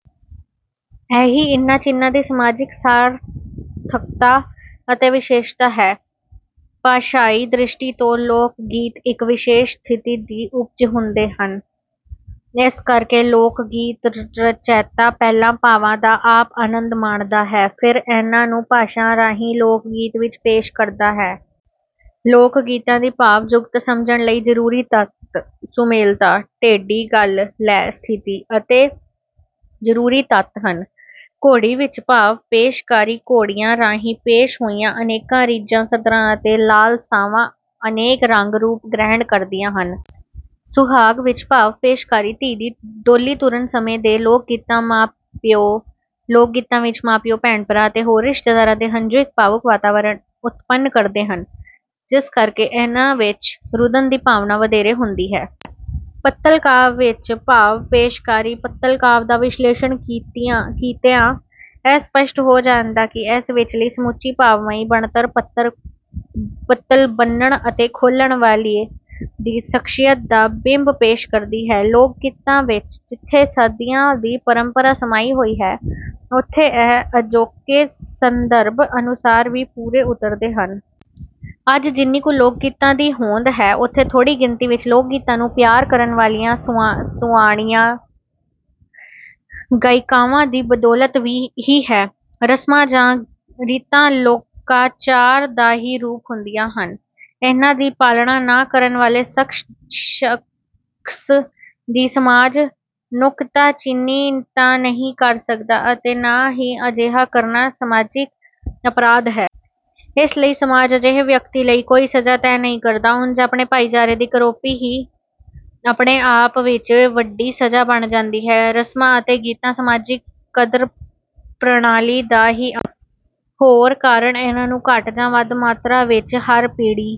ਇਹੀ ਇਨ੍ਹਾਂ ਚਿੰਨ੍ਹਾਂ ਦੀ ਸਮਾਜਿਕ ਸਾਰਥਕਤਾ ਅਤੇ ਵਿਸ਼ੇਸ਼ਤਾ ਹੈ। ਭਾਸ਼ਾਈ ਦ੍ਰਿਸ਼ਟੀ ਤੋਂ ਲੋਕਗੀਤ ਇੱਕ ਵਿਸ਼ੇਸ਼ ਸਥਿਤੀ ਦੀ ਉਪਜ ਹੁੰਦੇ ਹਨ। ਇਸ ਕਰਕੇ ਲੋਕਗੀਤ ਰਚੈਤਾ ਪਹਿਲਾਂ ਭਾਵਾਂ ਦਾ ਆਪ ਆਨੰਦ ਮਾਣਦਾ ਹੈ, ਫਿਰ ਇਨ੍ਹਾਂ ਨੂੰ ਭਾਸ਼ਾ ਰਾਹੀਂ ਲੋਕਗੀਤ ਵਿੱਚ ਪੇਸ਼ ਕਰਦਾ ਹੈ। ਲੋਕਗੀਤਾਂ ਦੀ ਭਾਵ-ਜੁਗਤ ਸਮਝਣ ਲਈ ਜ਼ਰੂਰੀ ਤੱਤ: ਸੁਮੇਲਤਾ, ਟੇਢੀ ਗੱਲ, ਲੈਅ, ਸਥਿਤੀ ਆਦਿ ਜ਼ਰੂਰੀ ਤੱਤ ਹਨ। ਘੋੜੀ ਵਿੱਚ ਭਾਵ-ਪੇਸ਼ਕਾਰੀ: ਘੋੜੀਆਂ ਰਾਹੀਂ ਪੇਸ਼ ਹੋਈਆਂ ਅਨੇਕਾਂ ਰੀਝਾਂ, ਸੱਧਰਾਂ ਅਤੇ ਲਾਲਸਾਵਾਂ ਅਨੇਕਾਂ ਰੰਗ-ਰੂਪ ਗ੍ਰਹਿਣ ਕਰਦੀਆਂ ਹਨ। ਸੁਹਾਗ ਵਿੱਚ ਭਾਵ-ਪੇਸ਼ਕਾਰੀ: ਧੀ ਦੀ ਡੋਲੀ ਤੁਰਨ ਸਮੇਂ ਦੇ ਲੋਕਗੀਤਾਂ ਵਿੱਚ ਮਾਂ-ਪਿਓ, ਭੈਣ-ਭਰਾ ਅਤੇ ਹੋਰ ਰਿਸ਼ਤੇਦਾਰਾਂ ਦੇ ਹੰਝੂ ਇੱਕ ਭਾਵੁਕ ਵਾਤਾਵਰਣ ਉਤਪੰਨ ਕਰਦੇ ਹਨ, ਜਿਸ ਕਰਕੇ ਇਹਨਾਂ ਵਿੱਚ ਰੁਦਨ ਦੀ ਭਾਵਨਾ ਵਧੇਰੇ ਹੁੰਦੀ ਹੈ। ਪੱਤਲ ਕਾਵਿ ਵਿੱਚ ਭਾਵ-ਪੇਸ਼ਕਾਰੀ: ਪੱਤਲ ਕਾਵਿ ਦਾ ਵਿਸ਼ਲੇਸ਼ਣ ਕੀਤਿਆਂ ਇਹ ਸਪੱਸ਼ਟ ਹੋ ਜਾਂਦਾ ਹੈ ਕਿ ਇਸ ਵਿਚਲੀ ਸਮੁੱਚੀ ਭਾਵਮਈ ਬਣਤਰ ਪੱਤਲ ਬੰਨ੍ਹਣ ਅਤੇ ਖੋਲ੍ਹਣ ਵਾਲੇ ਦੀ ਸ਼ਖਸੀਅਤ ਦਾ ਬਿੰਬ ਪੇਸ਼ ਕਰਦੀ ਹੈ। ਲੋਕਗੀਤਾਂ ਵਿੱਚ ਜਿੱਥੇ ਸਦੀਆਂ ਦੀ ਪਰੰਪਰਾ ਸਮਾਈ ਹੋਈ ਹੈ, ਉੱਥੇ ਇਹ ਅਜੋਕੇ ਸੰਦਰਭ ਅਨੁਸਾਰ ਵੀ ਪੂਰੇ ਉਤਰਦੇ ਹਨ। ਅੱਜ ਜਿੰਨੀ ਕੁ ਲੋਕਗੀਤਾਂ ਦੀ ਹੋਂਦ ਹੈ, ਉਹ ਥੋੜ੍ਹੀ ਗਿਣਤੀ ਵਿੱਚ ਲੋਕਗੀਤਾਂ ਨੂੰ ਪਿਆਰ ਕਰਨ ਵਾਲੀਆਂ ਸੁਆਣੀਆਂ, ਗਾਇਕਾਵਾਂ ਦੀ ਬਦੌਲਤ ਹੀ ਹੈ। 'ਰਸਮਾਂ ਜਾਂ ਰੀਤਾਂ' ਲੋਕਾਚਾਰ ਦਾ ਹੀ ਰੂਪ ਹੁੰਦੀਆਂ ਹਨ। ਇਨ੍ਹਾਂ ਦੀ ਪਾਲਣਾ ਨਾ ਕਰਨ ਵਾਲੇ ਸ਼ਖਸ ਦੀ ਸਮਾਜ ਨੁਕਤਾਚੀਨੀ ਤਾਂ ਨਹੀਂ ਕਰ ਸਕਦਾ ਅਤੇ ਨਾ ਹੀ ਅਜਿਹਾ ਕਰਨਾ 'ਸਮਾਜਿਕ ਅਪਰਾਧ' ਹੈ। ਇਸ ਲਈ ਸਮਾਜ ਅਜਿਹੇ ਵਿਅਕਤੀ ਲਈ ਕੋਈ ਸਜ਼ਾ ਤੈਅ ਨਹੀਂ ਕਰਦਾ। ਉਂਜ ਆਪਣੇ ਭਾਈਚਾਰੇ ਦੀ ਕਰੋਪੀ ਹੀ ਆਪਣੇ ਆਪ ਵਿੱਚ ਵੱਡੀ ਸਜ਼ਾ ਬਣ ਜਾਂਦੀ ਹੈ। ਰਸਮਾਂ ਅਤੇ ਰੀਤਾਂ ਸਮਾਜਿਕ ਕਦਰ-ਪ੍ਰਣਾਲੀ ਦਾ ਹੀ ਅੰਗ ਹੋਣ ਕਾਰਨ ਇਨ੍ਹਾਂ ਨੂੰ ਘੱਟ ਜਾਂ ਵੱਧ ਮਾਤਰਾ ਵਿੱਚ ਹਰ ਪੀੜ੍ਹੀ